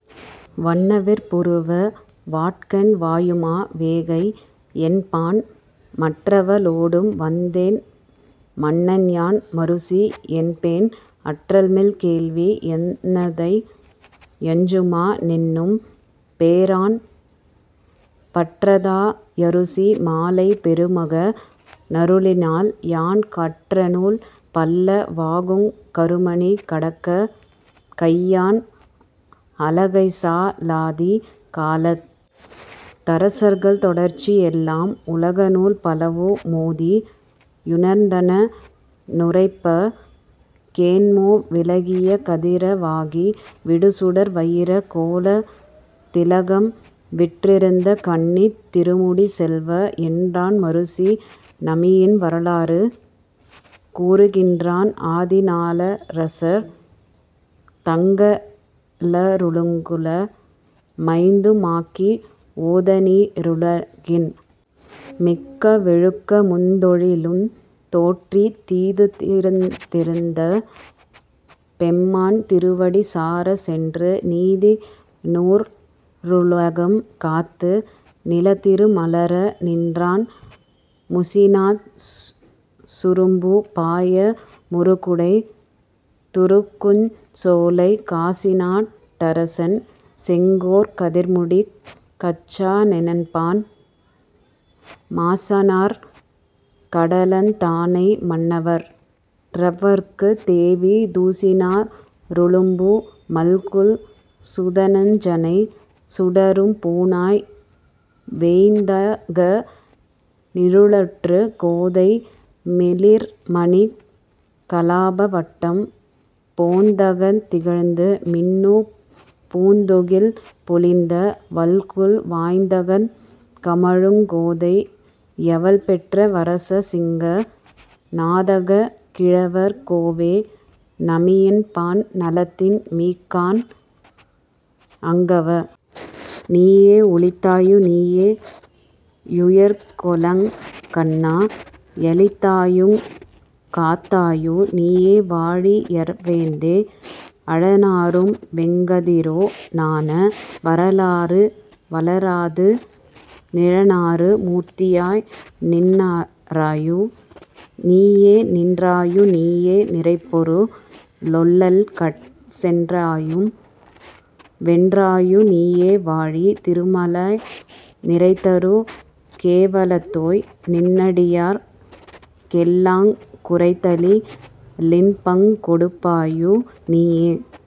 வண்ணவிற் புருவ வாட்கண் வாயுமா வேகை யென்பான் மற்றவ ளோடும் வந்தேன் மன்னன்யான் மருசி யென்பேன் அற்றமில் கேள்வி யெந்தை யஞ்சுமா னென்னும் பேரான் பெற்றதா யருசி மாலை பெருமக னருளினால் யான் கற்றநூல் பல்ல வாகுங் கருமணிக் கடகக் கையான் அலகைசா லாதி காலத் தரசர்கள் தொடர்ச்சி யெல்லாம் உலகநூல் பலவு மோதி யுணர்ந்தன னுரைப்பக் கேண்மோ விலகிய கதிர வாகி விடுசுடர் வயிரக் கோலத் திலகம்வீற் றிருந்த கண்ணித் திருமுடிச் செல்வ என்றான் மருசி நமியின் வரலாறு கூறுகின்றான் ஆதிநா ளரசர் தங்க ளருங்குல மைந்து மாக்கி ஓதநீ ருலகின் மிக்க வொழுக்கமுந் தொழிலுந் தோற்றித் தீதுதீர்ந் திருந்த பெம்மான் திருவடி சாரச் சென்று நீதி நூற் றுலகம் காத்து நிலத்திரு மலர நின்றான் முசிநாச் சுரும்பு பாய முருகுடைத் துருக்குஞ் சோலைக் காசிநாட் டரசன் செங்கோற் கதிர்முடிக் கச்ச னென்பான் மாசினாற் கடலந் தானை மன்னவற் றவற்குத் தேவி தூசினாற் றுளும்பு மல்குல் சுதஞ்சனை சுடரும் பூணாய் வேய்ந்தக நிழற்றுங் கோதை மிளிர்மணிக் கலாப வட்டம் போந்தகந் திகழ்ந்து மின்னுப் பூந்துகில் பொலிந்த வல்குல் வாய்ந்தகங் கமழுங் கோதை யவள்பெற்ற வரச சிங்க நாந்தகக் கிழவர் கோவே நமியென்பான் நலத்தின் மிக்கான் அங்கவ நீயே ஒளித்தாயு நீயே யுயிர்க்கெலாங் கண்ணா யளித்தாயுங் காத்தாயு நீயேவாழி யறவேந்தே அழனாறும் வெங்கதிரோ னாண வலராது நிழனாறு மூர்த்தியாய் நின்றாயு நீயே நின்றாயு நீயே நிறைபொரு ளெல்லைக்கட் சென்றாயும் வென்றாயு நீயேவாழி திருமாலே நிறைதரு கேவலத்தோய் நின்னடியார்க் கெல்லாங் குறைதலி லின்பங் கொடுப்பயு நீயே